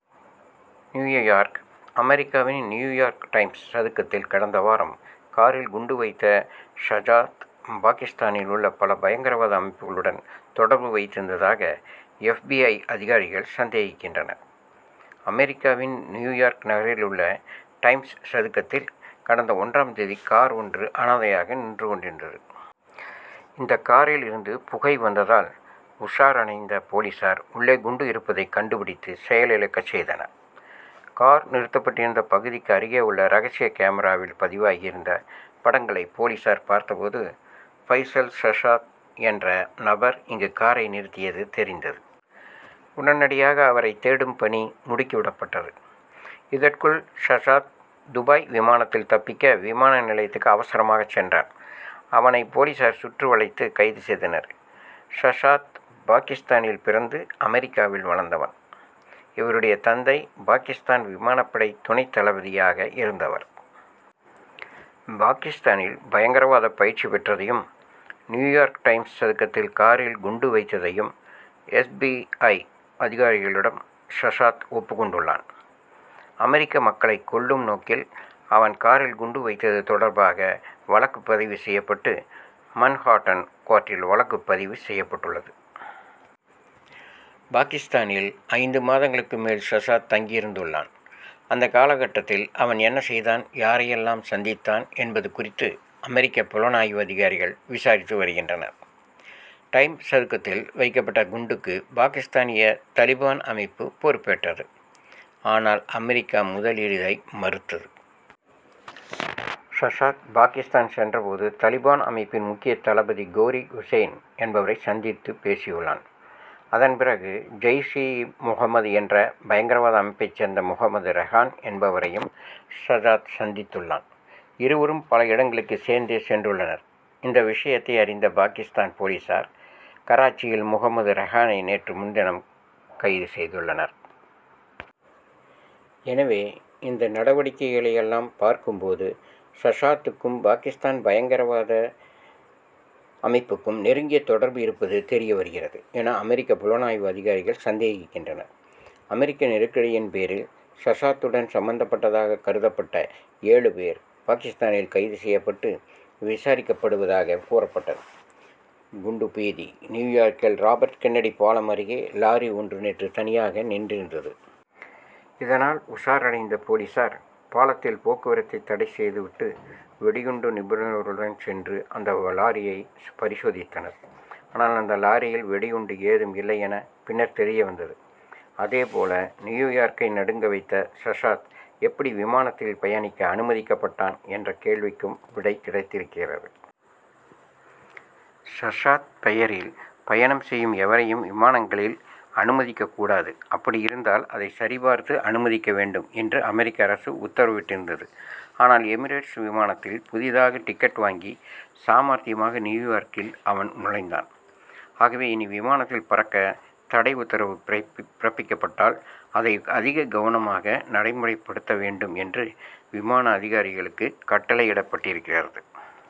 New York அமெரிக்காவின் New York times சதுக்கத்தில் கடந்த வாரம் காரில் குண்டு வைத்த ஷசாத் பாகிஸ்தானில் உள்ள பல பயங்கரவாத அமைப்புகளுடன் தொடர்பு வைத்திருந்ததாக எப். பி. ஐ. அதிகாரிகள் சந்தேகிக்கின்றனர். அமெரிக்காவின் நியூயார்க் நகரில் உள்ள டைம்ஸ் சதுக்கத்தில் கடந்த ஒன்றாம் தேதி கார் ஒன்று அனாதையாக நின்று கொண்டிருந்தது. இந்த காரில் இருந்து புகை வந்ததால் உஷாரடைந்த போலீசார் உள்ளே குண்டு இருப்பதை கண்டுபிடித்து செயலிழக்கச் செய்தனர். கார் நிறுத்தப்பட்டிருந்த பகுதிக்கு அருகே உள்ள ரகசிய கேமராவில் பதிவாகியிருந்த படங்களை போலீசார் பார்த்த போது பைசல் ஷசாத் என்ற நபர் இங்கு காரை நிறுத்தியது தெரிந்தது. உடனடியாக அவரை தேடும் பணி முடுக்கி விடப்பட்டது. இதற்குள் ஷசாத் துபாய் விமானத்தில் தப்பிக்க விமான நிலையத்துக்கு அவசரமாகச் சென்றான். அவனை போலீசார் சுற்றி வளைத்து கைது செய்தனர். ஷசாத் பாகிஸ்தானில் பிறந்து அமெரிக்காவில் வளர்ந்தவன். இவருடைய தந்தை பாகிஸ்தான் விமானப்படை துணைத் தளபதியாக இருந்தவர். பாகிஸ்தானில் பயங்கரவாத பயிற்சி பெற்றதையும் நியூயார்க் டைம்ஸ் சதுக்கத்தில் காரில் குண்டு வைத்ததையும் எப். பி. ஐ. அதிகாரிகளிடம் ஷசாத் ஒப்புக் கொண்டுள்ளான். அமெரிக்க மக்களை கொல்லும் நோக்கில் அவன் காரில் குண்டு வைத்தது தொடர்பாக வழக்கு பதிவு செய்யப்பட்டு மன் ஹாட்டன் கோர்ட்டில் வழக்கு பதிவு செய்யப்பட்டுள்ளது. பாகிஸ்தானில் ஐந்து மாதங்களுக்கு மேல் ஷசாத் தங்கியிருந்துள்ளான். அந்த காலகட்டத்தில் அவன் என்ன செய்தான் யாரையெல்லாம் சந்தித்தான் என்பது குறித்து அமெரிக்க புலனாய்வு அதிகாரிகள் விசாரித்து வருகின்றனர். டைம் சதுக்கத்தில் வைக்கப்பட்ட குண்டுக்கு பாகிஸ்தானிய தலிபான் அமைப்பு பொறுப்பேற்றது. ஆனால் அமெரிக்கா முதலில் இதை மறுத்தது. ஷசாத் பாகிஸ்தான் சென்ற போது தலிபான் அமைப்பின் முக்கிய தளபதி கோரி ஹூசைன் என்பவரை சந்தித்துப் பேசியுள்ளான். அதன் பிறகு ஜெய்ஷ் இ முகமது என்ற பயங்கரவாத அமைப்பைச் சேர்ந்த முகமது ரெகான் என்பவரையும் ஷசாத் சந்தித்துள்ளான். இருவரும் பல இடங்களுக்கு சேர்ந்தே சென்றுள்ளனர். இந்த விஷயத்தை அறிந்த பாகிஸ்தான் போலீசார் கராச்சியில் முகமது ரெகானை நேற்று முன்தினம் கைது செய்துள்ளனர். எனவே இந்த நடவடிக்கைகளையெல்லாம் பார்க்கும் போது ஷசாத்துக்கும் பாகிஸ்தான் பயங்கரவாத அமைப்புக்கும் நெருங்கிய தொடர்பு இருப்பது தெரிய வருகிறது என அமெரிக்க புலனாய்வு அதிகாரிகள் சந்தேகிக்கின்றனர். அமெரிக்க நெருக்கடியின் பேரில் ஷசாத்துடன் சம்பந்தப்பட்டதாகக் கருதப்பட்ட ஏழு பேர் பாகிஸ்தானில் கைது செய்யப்பட்டு விசாரிக்கப்படுவதாகக் கூறப்பட்டது. குண்டு பீதி நியூயார்க்கில் ராபர்ட் கென்னடி பாலம் அருகே லாரி ஒன்று நேற்று தனியாக நின்றிருந்தது. இதனால் உஷாரடைந்த போலீசார் பாலத்தில் போக்குவரத்தை தடை செய்து விட்டு வெடிகுண்டு நிபுணர்களுடன் சென்று அந்த லாரியை பரிசோதித்தனர். ஆனால் அந்த லாரியில் வெடிகுண்டு ஏதும் இல்லையென பின்னர் தெரிய வந்தது. அதேபோல நியூயார்க்கை நடுங்க வைத்த ஷசாத் எப்படி விமானத்தில் பயணிக்க அனுமதிக்கப்பட்டான் என்ற கேள்விக்கும் விடை கிடைத்திருக்கிறது. ஷசாத் பெயரில் பயணம் செய்யும் எவரையும் விமானங்களில் அனுமதிக்கக்கூடாது அப்படியிருந்தால் அதை சரி பார்த்து அனுமதிக்க வேண்டும் என்று அமெரிக்க அரசு உத்தரவிட்டிருந்தது. ஆனால் எமிரேட்ஸ் விமானத்தில் புதிதாக டிக்கெட் வாங்கி சாமர்த்தியமாக நியூயார்க்கில் அவன் நுழைந்தான். ஆகவே இனி விமானத்தில் பறக்க தடை உத்தரவு பிறப்பிக்கப்பட்டால் அதை அதிக கவனமாக நடைமுறைப்படுத்த வேண்டும் என்று விமான அதிகாரிகளுக்கு கட்டளையிடப்பட்டிருக்கிறது.